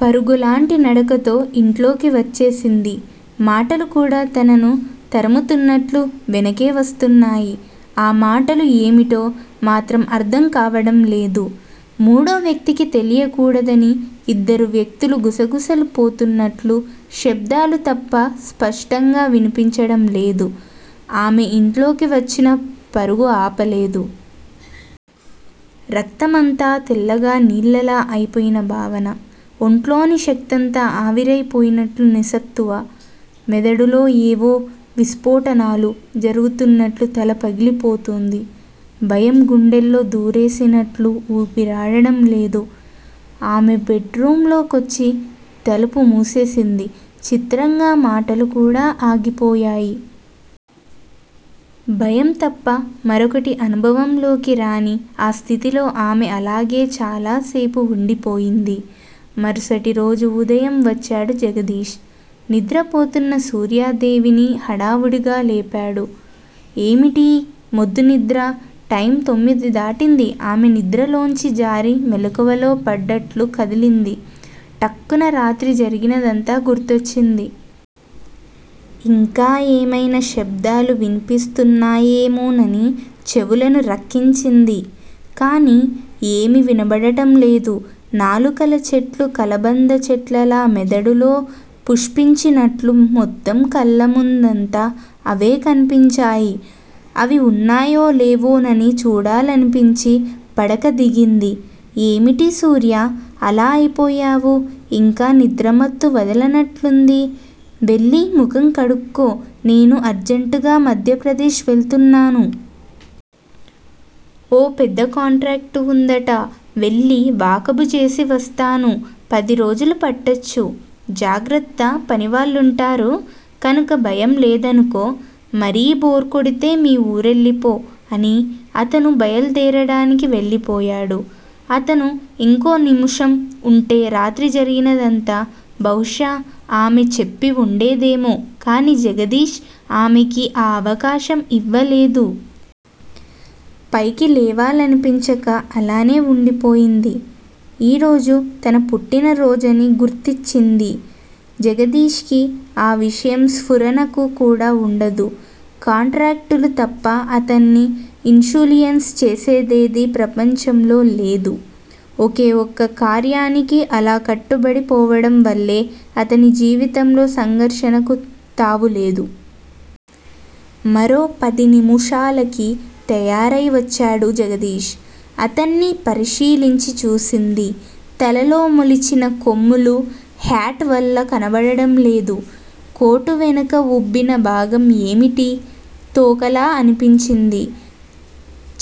పరుగులాంటి నడకతో ఇంట్లోకి వచ్చేసింది. మాటలు కూడా తనను తరుముతున్నట్లు వెనకే వస్తున్నాయి. ఆ మాటలు ఏమిటో మాత్రం అర్ధం కావడం లేదు. మూడో వ్యక్తికి తెలియకూడదని ఇద్దరు వ్యక్తులు గుసగుసలు పోతున్నట్లు శబ్ధాలు తప్ప స్పష్టంగా వినిపించడం లేదు. ఆమె ఇంట్లోకి వచ్చినా పరుగు ఆపలేదు. రక్తం అంతా తెల్లగా నీళ్ళలా అయిపోయిన భావన. ఒంట్లోని శక్తంతా ఆవిరయి పోయినట్లు నిస్సత్తువ. మెదడులో యేవో విస్ఫోటనాలు జరుగుతున్నట్లు తల పగిలిపోతోంది. భయం గుండెల్లో దూరేసినట్లు ఊపిరాడడం లేదు. ఆమె బెడ్ రూమ్ లో కొచ్చి తలుపు మూసేసింది. చిత్రంగా మాటలు కూడా ఆగిపోయాయి. భయంతప్ప మరొకటి అనుభవంలోకి రాని ఆ స్థితిలో ఆమె అలాగే చాలాసేపు వుండిపోయింది. మరుసటిరోజు ఉదయం వచ్చాడు జగదీష్. నిద్రపోతున్న సూర్యాదేవిని హడావుడిగా లేపాడు. ఏమిటీ మొద్దునిద్ర? టైమ్ తొమ్మిది దాటింది ఆమె నిద్రలోంచి జారి మెలకువలో పడ్డట్లు కదిలింది. ఠక్కున రాత్రి జరిగినదంతా గుర్తొచ్చింది. ఇంకా ఏమయినా శబ్ధాలు వినిపిస్తున్నాయేమోనని చెవులను రిక్కించింది. కానీ ఏమీ వినబడటంలేదు. నాలుకల చెట్లు కలబంద చెట్లలా మెదడులో పుష్పించినట్లు మొత్తం కళ్ళముందంతా అవే కనిపించాయి. అవి వున్నాయో లేవోనని చూడాలనిపించి పడక దిగింది. ఏమిటి సూర్యా! అలా అయిపోయావు? ఇంకా నిద్రమత్తు వదలనట్లుంది. వెళ్ళి ముఖం కడుక్కో నేను అర్జంటుగా మధ్యప్రదేశ్ వెళుతున్నాను. ఓ పెద్ద కాంట్రాక్టు వుందట. వెళ్ళి వాకబుచేసి వస్తాను. పదిరోజులు పట్టచ్చు. జాగ్రత్త పనివాళ్ళుంటారు. కనుక భయం లేదనుకో. మరీ బోర్ కొడితే మీ ఊరెళ్ళిపో అని అతను బయల్దేరడానికి వెళ్ళిపోయాడు. అతను ఇంకో నిముషం వుంటే రాత్రి జరిగినదంతా బహుశా ఆమె చెప్పి వుండేదేమో కానీ జగదీష్ ఆమెకి ఆ అవకాశం ఇవ్వలేదు. పైకి లేవాలనిపించక అలానే వుండిపోయింది. ఈరోజు తన పుట్టిన రోజని గుర్తిచ్చింది. జగదీష్ కి ఆ విషయం స్ఫురణకు కూడా వుండదు. కాంట్రాక్టులు తప్ప అతన్ని ఇన్సులియన్స్ చేసేదేదీ ప్రపంచంలో లేదు. ఒకే ఒక్క కార్యానికి అలా కట్టుబడి పోవడం వల్లే అతని జీవితంలో సంఘర్షణకు తావులేదు. మరో పదినిముషాలకి తయారై వచ్చాడు జగదీష్. అతన్ని పరిశీలించి చూసింది. తలలో మొలిచిన కొమ్ములు హ్యాట్ వల్ల కనబడడంలేదు. కోటు వెనుక ఉబ్భిన భాగం ఏమిటి? తోకలా అనిపించింది.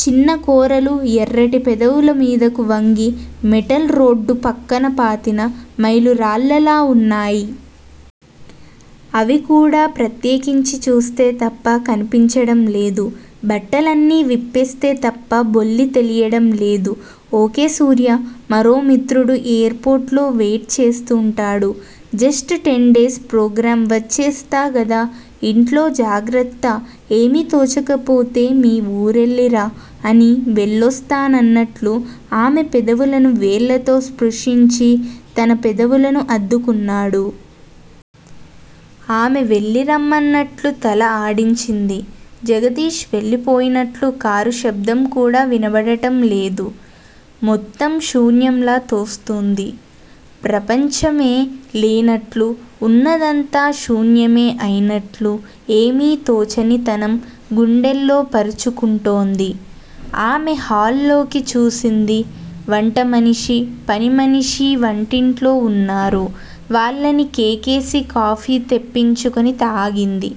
చిన్న కోరలు ఎర్రటి పెదవుల మీదకు వంగి మెటల్ రోడ్డు పక్కన పాతిన మైలురాళ్ళలా వున్నాయి. అవి కూడా ప్రత్యేకించి చూస్తే తప్ప కనిపించడం లేదు. బట్టలన్నీ విప్పేస్తే తప్ప బొల్లి తెలియడం లేదు. ఓకే సూర్యా! మరో మిత్రుడు ఎయిర్ పోర్ట్ లో వెయిట్ చేస్తుంటాడు. జస్ట్ టెన్ డేస్ ప్రోగ్రామ్ వచ్చేస్తా గదా ఇంట్లో జాగ్రత్త ఏమీ తోచకపోతే మీ ఊరెళ్ళిరా అని వెళ్ళొస్తానన్నట్లు ఆమె పెదవులను వేళ్ళతో స్ప్రుశించి తన పెదవులను అద్దుకున్నాడు. ఆమె వెళ్ళిరమ్మన్నట్లు తల ఆడించింది. జగదీష్ వెళ్ళిపోయినట్లు కారు శబ్దం కూడా వినబడటం లేదు. మొత్తం శూన్యంలా తోస్తోంది. ప్రపంచమే లేనట్లు, వున్నదంతా శూన్యమే అయినట్లు ఏమీ తోచనితనం గుండెల్లో పరుచుకుంటోంది. ఆమె హాల్లోకి చూసింది. వంట మనిషి, పనిమనిషీ వంటింట్లో వున్నారు. వాళ్ళని కేకేసి కాఫీ తెప్పించుకుని తాగింది.